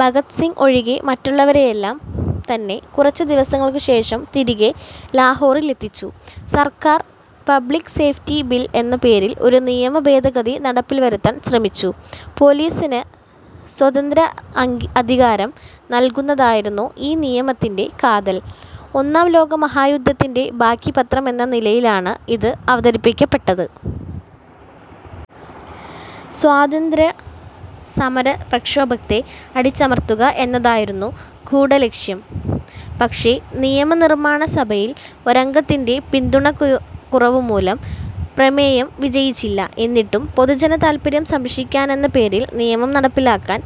ഭഗത് സിംഗ് ഒഴികെ മറ്റുള്ളവരെല്ലാം തന്നെ കുറച്ചു ദിവസങ്ങൾക്കുശേഷം തിരികെ ലാഹോറിലെത്തിച്ചേർന്നു. സർക്കാർ പബ്ലിക് സേഫ്റ്റി ബിൽ എന്ന പേരിൽ ഒരു നിയമഭേദഗതി നടപ്പിൽ വരുത്താൻ ശ്രമിച്ചു. പോലീസിന് സ്വതന്ത്ര അധികാരം നൽകുന്നതായിരുന്നു ഈ നിയമത്തിൻ്റെ കാതൽ. ഒന്നാം ലോക മഹായുദ്ധത്തിൻ്റെ ബാക്കിപത്രം എന്ന നിലയിലാണ് ഇത് അവതരിപ്പിക്കപ്പെട്ടത്. സ്വാതന്ത്ര്യസമരപ്രക്ഷോഭത്തെ അടിച്ചമർത്തുക എന്നതായിരുന്നു ഗൂഢലക്ഷ്യം. പക്ഷേ നിയമനിർമ്മാണ സഭയിൽ ഒരംഗത്തിൻ്റെ പിന്തുണക്കുറവു മൂലം പ്രമേയം വിജയിച്ചില്ല. എന്നിട്ടും പൊതുജനതാല്പര്യം സംരക്ഷിക്കാനെന്ന പേരിൽ നിയമം നടപ്പിലാക്കാൻ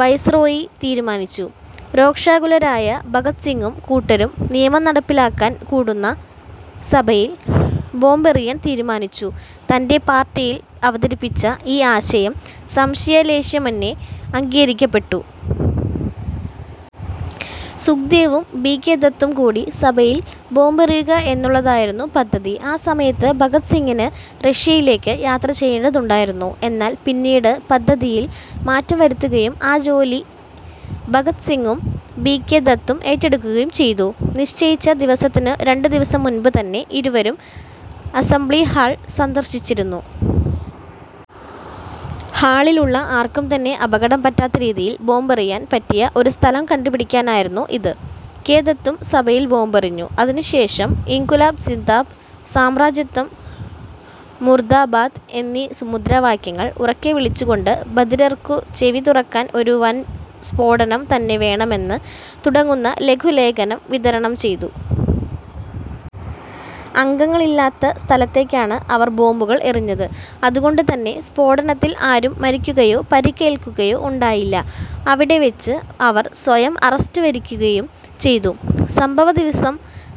വൈസ്രോയി തീരുമാനിച്ചു. രോഷാകുലരായ ഭഗത് സിംഗും കൂട്ടരും നിയമം നടപ്പിലാക്കാൻ കൂടുന്ന സഭയിൽ ബോംബെറിയാൻ തീരുമാനിച്ചു. തൻ്റെ പാർട്ടിയിൽ അവതരിപ്പിച്ച ഈ ആശയം സംശയലേശമെന്യേ അംഗീകരിക്കപ്പെട്ടു. സുഖ്ദേവും, ബി. കെ. ദത്തും കൂടി സഭയിൽ ബോംബെറിയുക എന്നുള്ളതായിരുന്നു പദ്ധതി, ആ സമയത്ത് ഭഗത് സിംഗിന് റഷ്യയിലേക്ക് യാത്രചെയ്യേണ്ടതുണ്ടായിരുന്നു. എന്നാൽ പിന്നീട് പദ്ധതിയിൽ മാറ്റം വരുത്തുകയും ആ ജോലി ഭഗത് സിംഗും ബി. കെ. ദത്തും ഏറ്റെടുക്കുകയും ചെയ്തു. നിശ്ചയിച്ച ദിവസത്തിനു രണ്ട് ദിവസം മുമ്പ് തന്നെ ഇരുവരും അസംബ്ലി ഹാൾ സന്ദർശിച്ചിരുന്നു. ഹാളിലുള്ള ആർക്കും തന്നെ അപകടം പറ്റാത്ത രീതിയിൽ ബോംബെറിയാൻ പറ്റിയ ഒരു സ്ഥലം കണ്ടു പിടിക്കാനായിരുന്നു ഇത്. കെ ദത്തും സഭയിൽ ബോംബെറിഞ്ഞു, അതിനുശേഷം ഇൻക്വിലാബ് സിന്ദാബാദ്, സാമ്രാജ്യത്വം മൂർദ്ദാബാദ് എന്നീ മുദ്രാവാക്യങ്ങൾ ഉറക്കെ വിളിച്ചുകൊണ്ട് ബധിരർക്കു ചെവി തുറക്കാൻ ഒരു വൻ സ്ഫോടനം തന്നെ വേണമെന്ന് തുടങ്ങുന്ന ലഘുലേഖനം വിതരണം ചെയ്തു. അംഗങ്ങൾ ഇല്ലാത്ത സ്ഥലത്തേക്കാണ് അവർ ബോംബുകൾ എറിഞ്ഞത്, അതുകൊണ്ടു തന്നെ സ്ഫോടനത്തിൽ ആരും മരിക്കുകയോ പരിക്കേൽക്കുകയോ ഉണ്ടായില്ല. അവിടെ വച്ച് അവർ സ്വയം അറസ്റ്റ് വരിക്കുകയും ചെയ്തു. സംഭവദിവസം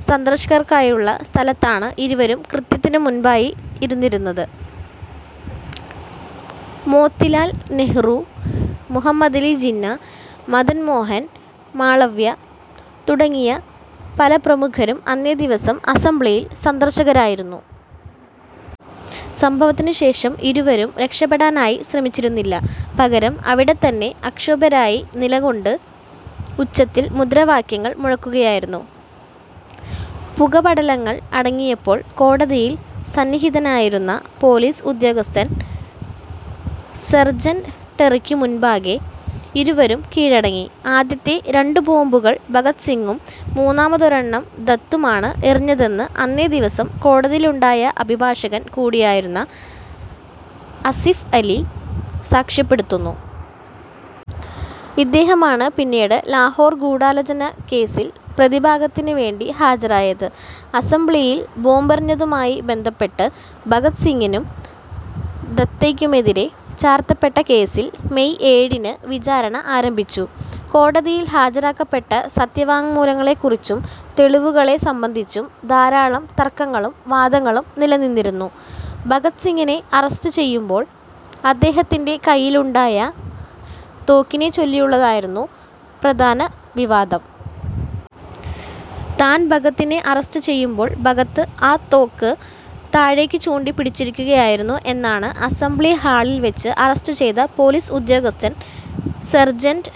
സന്ദർശകർക്കായുള്ള സ്ഥലത്താണ് ഇരുവരും കൃത്യത്തിനുമുമ്പായി ഇരുന്നിരുന്നത്. മോത്തിലാൽ നെഹ്റു, മുഹമ്മദലി ജിന്ന, മദൻ മോഹൻ മാളവ്യ തുടങ്ങിയ പല പ്രമുഖരും അന്നേ ദിവസം അസംബ്ലിയിൽ സന്ദർശകരായിരുന്നു. സംഭവത്തിനുശേഷം ഇരുവരും രക്ഷപ്പെടാനായി ശ്രമിച്ചിരുന്നില്ല. പകരം അവിടത്തന്നെ അക്ഷോഭ്യരായി നിലകൊണ്ട് ഉച്ചത്തിൽ മുദ്രാവാക്യങ്ങൾ മുഴക്കുകയായിരുന്നു. പുകപടലങ്ങൾ അടങ്ങിയപ്പോൾ കോടതിയിൽ സന്നിഹിതനായിരുന്ന പോലീസ് ഉദ്യോഗസ്ഥൻ സെർജൻ്റ് ടെറിക്കു മുമ്പാകെ ഇരുവരും കീഴടങ്ങി. ആദ്യത്തെ രണ്ടു ബോംബുകൾ ഭഗത് സിംഗും, മൂന്നാമതൊരെണ്ണം ദത്തും ആണ് എറിഞ്ഞതെന്ന് അന്നേ ദിവസം കോടതിയിലുണ്ടായിരുന്ന അഭിഭാഷകൻ കൂടിയായിരുന്ന അസിഫ് അലി സാക്ഷ്യപ്പെടുത്തുന്നു. ഇദ്ദേഹമാണ് പിന്നീട് ലാഹോർ ഗൂഢാലോചന കേസിൽ പ്രതിഭാഗത്തിനു വേണ്ടി ഹാജരായത്. അസംബ്ലിയിൽ ബോംബെറിഞ്ഞതുമായി ബന്ധപ്പെട്ട് ഭഗത് സിംഗിനും, ദത്തയ്ക്കുമെതിരേ ചാർത്തപ്പെട്ട കേസിൽ മെയ് ഏഴിന് വിചാരണ ആരംഭിച്ചു. കോടതിയിൽ ഹാജരാക്കപ്പെട്ട സത്യവാങ്മൂലങ്ങളെക്കുറിച്ചും തെളിവുകളെ സംബന്ധിച്ചും ധാരാളം തർക്കങ്ങളും വാദങ്ങളും നിലനിന്നിരുന്നു. ഭഗത് സിംഗിനെ അറസ്റ്റ് ചെയ്യുമ്പോൾ അദ്ദേഹത്തിൻ്റെ കയ്യിലുണ്ടായിരുന്ന തോക്കിനെച്ചൊല്ലിയുള്ളതായിരുന്നു പ്രധാന വിവാദം. താൻ ഭഗതിനെ അറസ്റ്റു ചെയ്യുമ്പോൾ ഭഗത് ആ തോക്ക് താഴേക്കു ചൂണ്ടി പിടിച്ചിരിക്കുകയായിരുന്നു എന്നാണ് അസംബ്ലി ഹാളിൽ വെച്ച് അറസ്റ്റു ചെയ്ത പോലീസ് ഉദ്യോഗസ്ഥൻ സെർജൻ്റ്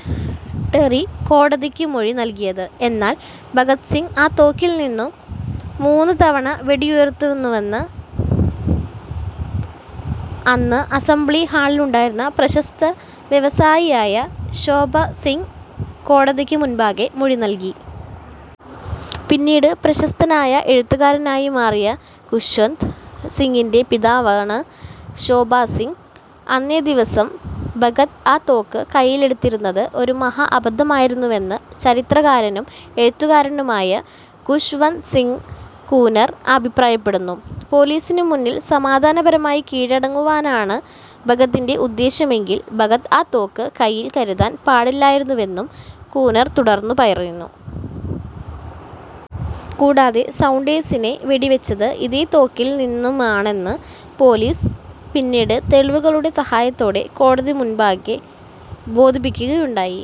ടെറി കോടതിക്കു മൊഴി നൽകിയത്. എന്നാൽ ഭഗത് സിംഗ് ആ തോക്കിൽ നിന്നും മൂന്നു തവണ വെടിയുതിർത്തുവെന്ന് അന്ന് അസംബ്ലിഹാളിലുണ്ടായിരുന്ന പ്രശസ്ത വ്യവസായിയായ ശോഭാ സിംഗ് കോടതിക്കു മുമ്പാകെ മൊഴി നൽകി. പിന്നീട് പ്രശസ്തനായ എഴുത്തുകാരനായി മാറിയ ഖുശ്വന്ത് സിംഗിൻ്റെ പിതാവാണ് ശോഭാ സിംഗ്. അന്നേ ദിവസം ഭഗത് ആ തോക്ക് കയ്യിലെടുത്തിരുന്നത് ഒരു മഹാ അബദ്ധമായിരുന്നുവെന്ന് ചരിത്രകാരനും, എഴുത്തുകാരനുമായ ഖുശ് വന്ത് സിംഗ് കൂനർ അഭിപ്രായപ്പെടുന്നു. പോലീസിനു മുന്നിൽ സമാധാനപരമായി കീഴടങ്ങുവാനാണ് ഭഗതിൻ്റെ ഉദ്ദേശ്യമെങ്കിൽ ഭഗത് ആ തോക്ക് കൈയ്യിൽ കരുതാൻ പാടില്ലായിരുന്നുവെന്നും കൂനർ തുടർന്നു പറയുന്നു. കൂടാതെ സൗണ്ടേഴ്സിനെ വെടിവെച്ചത് ഇതേ തോക്കിൽ നിന്നുമാണെന്ന് പോലീസ് പിന്നീട് തെളിവുകളുടെ സഹായത്തോടെ കോടതിക്കുമുമ്പാകെ ബോധിപ്പിക്കുകയുണ്ടായി.